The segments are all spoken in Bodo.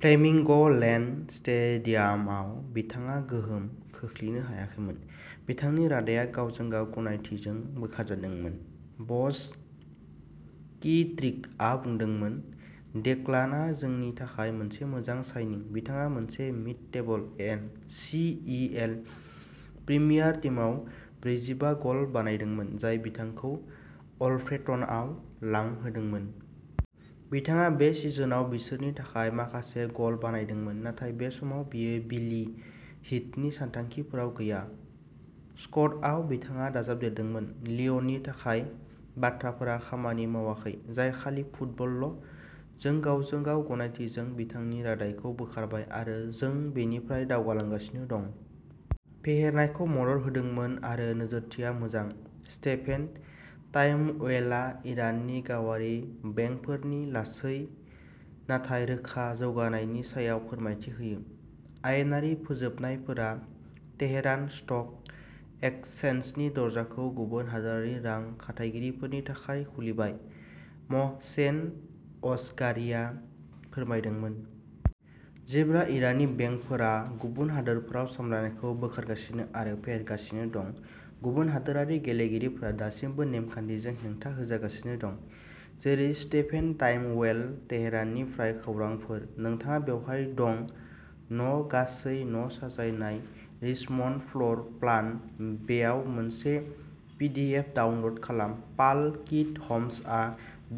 फ्लेमिंग'लेन्ड स्टेडियामाव बिथाङा गोहोम खोख्लैनो हायाखैमोन। बिथांनि रादाइया गावजों-गाव गनायथिजों बोखारजादोंमोन। बस किट्रिकआ बुंदोंमोन डेक्लानआ जोंनि थाखाय मोनसे मोजां साइनिं। बिथाङा मोनसे mid table N C E L premier टीमआव ब्रैजिबा गल बानायदोंमोन, जाय बिथांखौ अल्फ्रेटनआव लांहोदोंमोन। बिथाङा बे सिजनआव बिसोरनि थाखाय माखासे गल बानायदोंमोन, नाथाय बे समाव बियो बिली हीथनि सानथांखिफोराव गैया। स्कटआव बिथाङा दाजाबदेरदोंमोन लिय'ननि थाखाय बाथ्राफोरा खामानि मावाखै, जाय खालि फुटबलल'। जों गावजों-गाव गनायथिजों बिथांनि रादाइखौ बोखारबाय आरो जों बेनिफ्राय दावगालांगासिनो दं। फेहेरनायखौ मदद होदोंमोन आरो नोजोरथिया मोजां। स्टेफेन टाइमवेलआ इराननि गावारि बेंकफोरनि लासै नाथाय रोखा जौगानायनि सायाव फोरमायथि होयो। आयेनारि फोजोबनायफोरा तेहरान स्टक एक्सचेन्जनि दरजाखौ गुबुन हादोरारि रां खाथायगिरिफोरनि थाखाय खुलिबाय, महसेन असगारिआ फोरमायदोंमोन। जेब्ला इराननि बेंकफोरा गुबुन हादोरफोराव सामलायनायखौ बोखारगासिनो आरो फेहेरगासिनो दं, गुबुन हादोरारि गेलेगिरिफोरा दासिमबो नेमखान्थिजों हेंथा होजागासिनो दं, जेरै स्टेफेन टाइमवेल। तेहराननिफ्राय खौरांफोर। नोंथाङा बेवहाय दं न'गासै न' साजायनाय रिचमन्ड फ्ल'र प्लान-बेयाव मोनसे पिडिएफ डाउनल'ड खालाम-पाल किट ह'म्सआ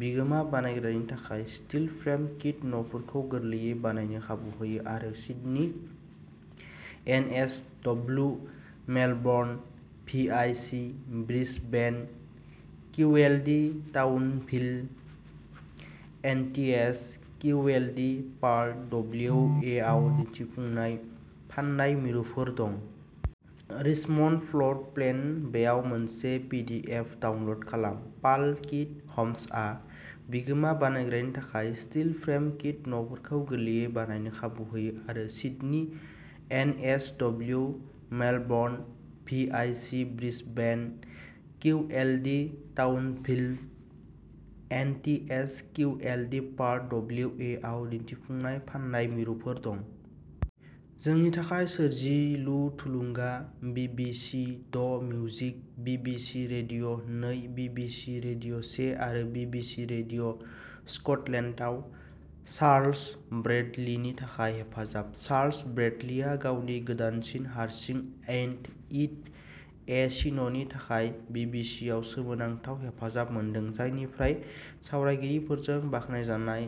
बिगोमा बानायग्रानि थाखाय स्टिल फ्रेम किट न'फोरखौ गोरलैयै बानायनो खाबु होयो आरो Sydney NSW, Melbourne VIC, Brisbane QLD, Townsville NTH QLD, Perth डब्लिउएआव दिन्थिफुंनाय फान्नाय मिरुफोर दं। रिचमन्ड फ्ल'र प्लेन-बेयाव मोनसे पिडिएफ डाउनल'ड खालाम-पाल किट ह'म्सआ बिगोमा बानायग्रानि थाखाय स्टिल फ्रेम किट न'फोरखौ गोरलैयै बानायनो खाबु होयो आरो Sydney NSW, Melbourne VIC, Brisbane QLD, Townsville NTH QLD, Perth डब्लिउएआव दिन्थिफुंनाय/फान्नाय मिरुफोर दं। जोंनि थाखाय सोरजिलु थुलुंगा। BBC the' music, BBC radio' नै, बिबिसि रेडिय' से आरो बिबिसि रेडिय'स्कटलेन्डआव चार्ल्स ब्रेडलिनि थाखाय हेफाजाब! चार्ल्स ब्रेडलिआ गावनि गोदानसिन हारसिं'एइन्ट इट ए सिन'नि थाखाय बिबिसिआव सोमोनांथाव हेफाजाब मोनदों, जायनिफ्राय सावरायगिरिफोरजों बाख्नायजानाय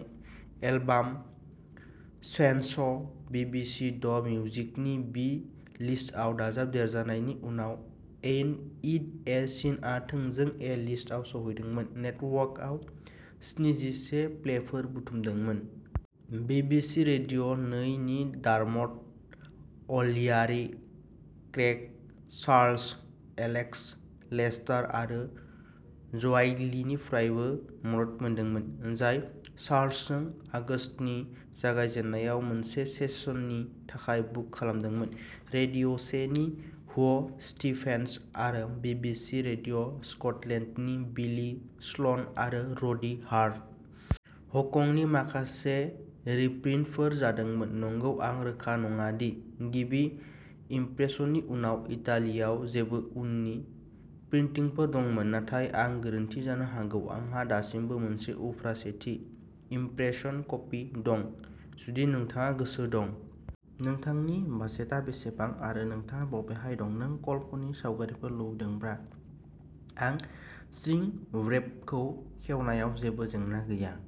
एलबाम'चेन्जस' बिबिसि द' मिउजिकनि बि लिस्टआव दाजाबदेरजानायनि उनाव, एइन्ट इट ए सिनआ थोंजों ए लिस्टआव सौहैदोंमोन, नेटवर्कआव स्निजिसे प्लेफोर बुथुमदोंमोन। बिबिसि रेडिय' नै नि Dermot O'Leary, Craig Charles, Alex Lester आरो ज'व्हाइलीनिफ्रायबो मदद मोनदोंमोन, जाय चार्ल्सजों आगोस्तनि जागायजेन्नायाव मोनसे सेसननि थाखाय बुक खालामदोंमोन, रेडिय' से नि हुव स्टीफेन्स आरो बिबिसि रेडिय'स्कटलेन्डनि बिली स्ल'न आरो रडी हार्ट। हकंनि माखासे रिप्रिन्टफोर जादोंमोन, नंगौ आं रोखा नङा दि गिबि इम्प्रेशननि उनाव इटालियाव जेबो उननि प्रिन्टिंफोर दंमोन, नाथाय आं गोरोन्थि जानो हागौ। आंहा दासिमबो मोनसे उफ्रा सेथि इम्प्रेशन कपि दं, जुदि नोंथाङा गोसो दं। नोंथांनि बाजेटआ बेसेबां आरो नोंथाङा बबेहाय दं नों कल फननि सावगारिफोर लुबैदोंब्ला आं श्रिंकव्रेपखौ खेवनायाव जेबो जेंना गैया।